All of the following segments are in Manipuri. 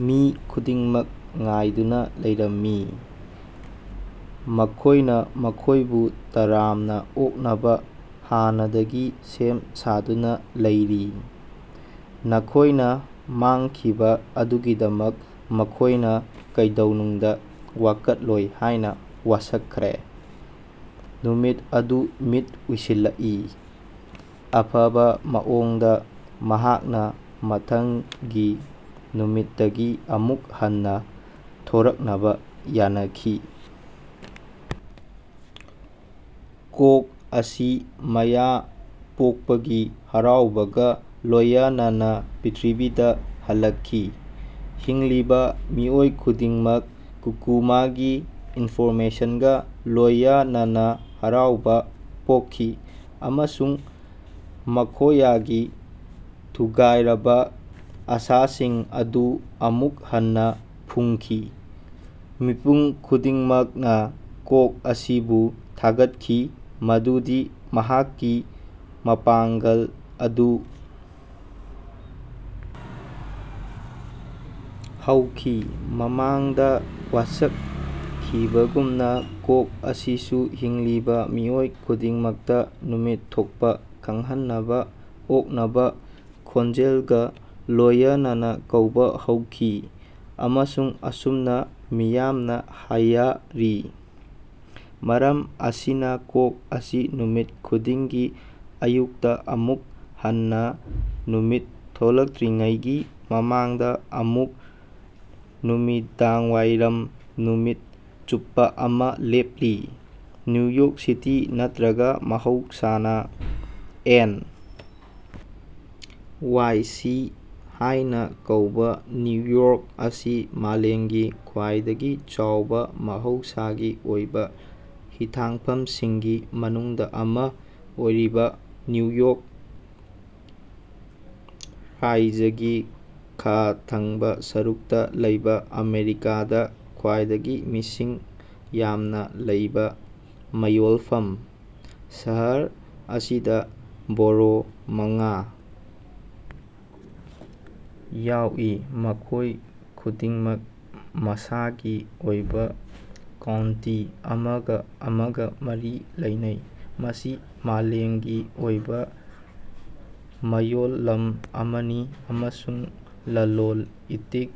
ꯃꯤ ꯈꯨꯗꯤꯡꯃꯛ ꯉꯥꯏꯗꯨꯅꯥ ꯂꯩꯔꯝꯃꯤ꯫ ꯃꯈꯣꯏꯅꯥ ꯃꯈꯣꯏꯕꯨ ꯇꯔꯥꯝꯅꯥ ꯑꯣꯛꯅꯕꯥ ꯍꯥꯟꯅꯗꯒꯤ ꯁꯦꯝ ꯁꯥꯗꯨꯅꯥ ꯂꯩꯔꯤ꯫ ꯅꯈꯣꯏꯅꯥ ꯃꯥꯡꯈꯤꯕꯥ ꯑꯗꯨꯒꯤꯗꯃꯛ ꯃꯈꯣꯏꯅꯥ ꯀꯩꯗꯧꯅꯨꯡꯗꯥ ꯋꯥꯀꯠꯂꯣꯏ ꯍꯥꯏꯅꯥ ꯋꯥꯁꯛꯈ꯭ꯔꯦ꯫ ꯅꯨꯃꯤꯠ ꯑꯗꯨ ꯃꯤꯠ ꯎꯏꯁꯤꯜꯂꯀꯏ꯫ ꯑꯐꯕꯥ ꯃꯑꯣꯡꯗꯥ ꯃꯍꯥꯛꯅꯥ ꯃꯊꯪꯒꯤ ꯅꯨꯃꯤꯠꯇꯒꯤ ꯑꯃꯨꯛ ꯍꯟꯅꯥ ꯊꯣꯔꯛꯅꯕꯥ ꯌꯥꯅꯈꯤ꯫ ꯀꯣꯛ ꯑꯁꯤ ꯃꯥꯌ ꯄꯣꯀꯄꯒꯤ ꯍꯔꯥꯑꯣꯕꯒꯥ ꯂꯣꯌꯅꯅꯥ ꯄ꯭ꯔ꯭ꯏꯊꯤꯕꯤꯗꯥ ꯍꯜꯂꯀꯈꯤ꯫ ꯍꯤꯡꯂꯤꯕꯥ ꯃꯤꯑꯣꯏ ꯈꯨꯗꯤꯡꯃꯛ ꯀꯨꯀꯨꯃꯒꯤ ꯏꯅꯐꯣꯔꯃꯦꯁꯅꯒꯥ ꯂꯣꯌꯅꯅꯥ ꯍꯔꯥꯑꯣꯕꯥ ꯄꯣꯀꯈꯤ ꯑꯃꯁꯨꯡ ꯃꯈꯣꯌꯒꯤ ꯊꯨꯒꯥꯏꯔꯕꯥ ꯑꯥꯁꯥꯁꯤꯡ ꯑꯗꯨ ꯑꯃꯨꯛ ꯍꯟꯅꯥ ꯐꯨꯝꯈꯤ꯫ ꯃꯤꯄꯨꯝ ꯈꯨꯗꯤꯡꯃꯛꯅꯥ ꯀꯣꯛ ꯑꯁꯤꯕꯨ ꯊꯥꯒꯠꯈꯤ ꯃꯗꯨꯗꯤ ꯃꯍꯥꯛꯀꯤ ꯃꯄꯥꯉ꯭ꯒꯜ ꯑꯗꯨ ꯍꯧꯈꯤ꯫ ꯃꯃꯥꯡꯗꯥ ꯋꯥꯁꯀꯈꯤꯕꯒꯨꯝꯅꯥ, ꯀꯣꯛ ꯑꯁꯤꯁꯨ ꯍꯤꯡꯂꯤꯕꯥ ꯃꯤꯑꯣꯏ ꯈꯨꯗꯤꯡꯃꯛꯇꯥ ꯅꯨꯃꯤꯠ ꯊꯣꯀꯄꯥ ꯈꯉꯍꯟꯅꯕꯥ ꯑꯀꯅꯕꯥ ꯈꯣꯟꯖꯦꯂꯒꯥ ꯂꯣꯌꯅꯅꯥ ꯀꯧꯕꯥ ꯍꯧꯈꯤ꯫ ꯑꯃꯁꯨꯡ ꯑꯁꯨꯝꯅꯥ ꯃꯤꯌꯥꯝꯅꯥ ꯍꯥꯌꯔꯤ, ꯃꯔꯝ ꯑꯁꯤꯅꯥ ꯀꯣꯛ ꯑꯁꯤ ꯅꯨꯃꯤꯠ ꯈꯨꯗꯤꯡꯒꯤ ꯑꯌꯨꯛꯇꯥ ꯑꯃꯨꯛ ꯍꯟꯅꯥ ꯅꯨꯃꯤꯠ ꯊꯣꯛꯂꯛꯠꯔꯤꯉꯩꯒꯤ ꯃꯃꯥꯡꯗꯥ ꯑꯃꯁꯨꯛ ꯅꯨꯃꯤꯗꯥꯡꯋꯥꯏꯔꯝ ꯅꯨꯃꯤꯠ ꯆꯨꯞꯄꯥ ꯑꯃꯥ ꯂꯦꯞꯂꯤ꯫ ꯅꯌꯨ ꯌꯣꯔ꯭ꯛ ꯁꯤꯇꯤ ꯅꯠꯇ꯭ꯔꯒ ꯃꯍꯧꯁꯥꯅ ꯑꯦꯟ. ꯋꯥꯏ. ꯁꯤ. ꯍꯥꯏꯅ ꯀꯧꯕ ꯅ꯭ꯌꯨ ꯌꯣꯔ꯭ꯛ ꯑꯁꯤ ꯃꯥꯂꯦꯝꯒꯤ ꯈ꯭ꯋꯥꯏꯗꯒꯤ ꯆꯥꯎꯕ ꯃꯍꯧꯁꯥꯒꯤ ꯑꯣꯏꯕ ꯍꯤꯊꯥꯡꯐꯝꯁꯤꯡꯒꯤ ꯃꯅꯨꯡꯗ ꯑꯃ ꯑꯣꯏꯔꯤꯕ ꯅ꯭ꯌꯨ ꯌꯣꯛ ꯔꯥꯖ꯭ꯌꯒꯤ ꯈꯥ ꯊꯪꯕ ꯁꯔꯨꯛꯇ ꯂꯩꯕ ꯑꯃꯦꯔꯤꯀꯥꯗ ꯈ꯭ꯋꯥꯏꯗꯒꯤ ꯃꯤꯁꯤꯡ ꯌꯥꯝꯅ ꯂꯩꯕ ꯃꯌꯣꯜꯐꯝ꯫ ꯁꯍꯔ ꯑꯁꯤꯗ ꯕꯣꯔꯣ ꯃꯉꯥ ꯌꯥꯎꯏ, ꯃꯈꯣꯏ ꯈꯨꯗꯤꯡꯃꯛ ꯃꯁꯥꯒꯤ ꯑꯣꯏꯕ ꯀꯥꯎꯟꯇꯤ ꯑꯃꯒ ꯑꯃꯒ ꯃꯔꯤ ꯂꯩꯅꯩ꯫ ꯃꯁꯤ ꯃꯥꯂꯦꯝꯒꯤ ꯑꯣꯏꯕ ꯃꯌꯣꯜꯂꯝ ꯑꯃꯅꯤ ꯑꯃꯁꯨꯡ ꯂꯂꯣꯟ ꯏꯇꯤꯛ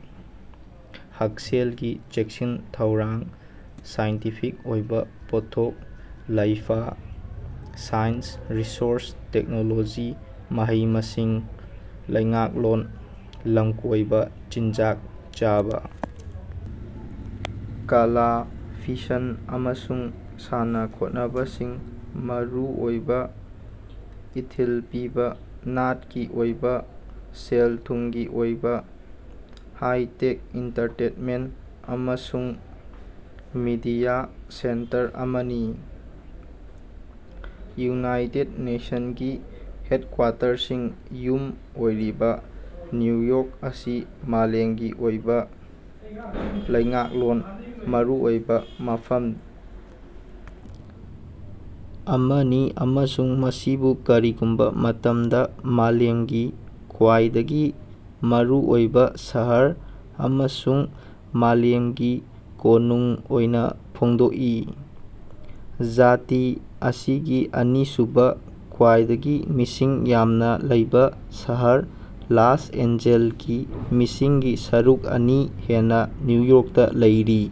ꯍꯛꯁꯦꯜꯒꯤ ꯆꯦꯛꯁꯤꯟ ꯊꯧꯔꯥꯡ, ꯁꯥꯏꯟꯇꯤꯐꯤꯛ ꯑꯣꯏꯕ ꯄꯣꯠꯊꯣꯛ ꯂꯥꯏꯐ ꯁꯥꯏꯟꯁ ꯔꯤꯁ꯭ꯔꯆ ꯇꯦꯛꯅꯣꯂꯣꯖꯤ ꯃꯍꯩ ꯃꯁꯤꯡ ꯂꯩꯉꯥꯛꯂꯣꯟ ꯂꯝꯀꯣꯏꯕ ꯆꯤꯟꯖꯥꯛ ꯆꯥꯕ ꯀꯂꯥ ꯐꯤꯁꯟ ꯑꯃꯁꯨꯡ ꯁꯥꯟꯅ ꯈꯣꯠꯅꯕꯁꯤꯡ ꯃꯔꯨꯑꯣꯏꯕ ꯏꯊꯤꯜ ꯄꯤꯕ ꯅꯥꯠꯀꯤ ꯑꯣꯏꯕ ꯁꯦꯜ ꯊꯨꯝꯒꯤ ꯑꯣꯏꯕ ꯍꯥꯏ ꯇꯦꯛ ꯑꯦꯟꯇꯔꯇꯦꯟꯃꯦꯟꯠ ꯑꯃꯁꯨꯡ ꯃꯤꯗꯤꯌꯥ ꯁꯦꯟꯇꯔ ꯑꯃꯅꯤ꯫ ꯌꯨꯅꯥꯏꯇꯦꯗ ꯅꯦꯁꯟꯒꯤ ꯍꯦꯗꯀ꯭ꯋꯥꯇꯔꯁꯤꯡ ꯌꯨꯝ ꯑꯣꯏꯔꯤꯕ ꯅ꯭ꯌꯨ ꯌꯣꯔ꯭ꯛ ꯑꯁꯤ ꯃꯥꯂꯦꯝꯒꯤ ꯑꯣꯏꯕ ꯂꯩꯉꯥꯛꯂꯣꯟ ꯃꯔꯨꯑꯣꯏꯕ ꯃꯐꯝ ꯑꯃꯅꯤ ꯑꯃꯁꯨꯡ ꯃꯁꯤꯕꯨ ꯀꯔꯤꯒꯨꯝꯕ ꯃꯇꯝꯗ ꯃꯥꯂꯦꯝꯒꯤ ꯈ꯭ꯋꯥꯏꯗꯒꯤ ꯃꯔꯨꯑꯣꯏꯕ ꯁꯍꯔ ꯑꯃꯁꯨꯡ ꯃꯥꯂꯦꯝꯒꯤ ꯀꯣꯅꯨꯡ ꯑꯣꯏꯅ ꯐꯣꯡꯗꯣꯛꯏ꯫ ꯖꯥꯇꯤ ꯑꯁꯤꯒꯤ ꯑꯅꯤꯁꯨꯕꯥ ꯈ꯭ꯋꯥꯏꯗꯒꯤ ꯃꯤꯁꯤꯡ ꯌꯥꯝꯅꯥ ꯂꯩꯕꯥ ꯁꯍꯔ ꯂꯁ ꯑꯦꯟꯖꯦꯜꯁꯀꯤ ꯃꯤꯁꯤꯡꯒꯤ ꯁꯔꯨꯛ ꯑꯅꯤ ꯍꯦꯟꯅꯥ ꯅ꯭ꯌꯨ ꯌꯣꯔ꯭ꯛꯇꯥ ꯂꯩꯔꯤ꯫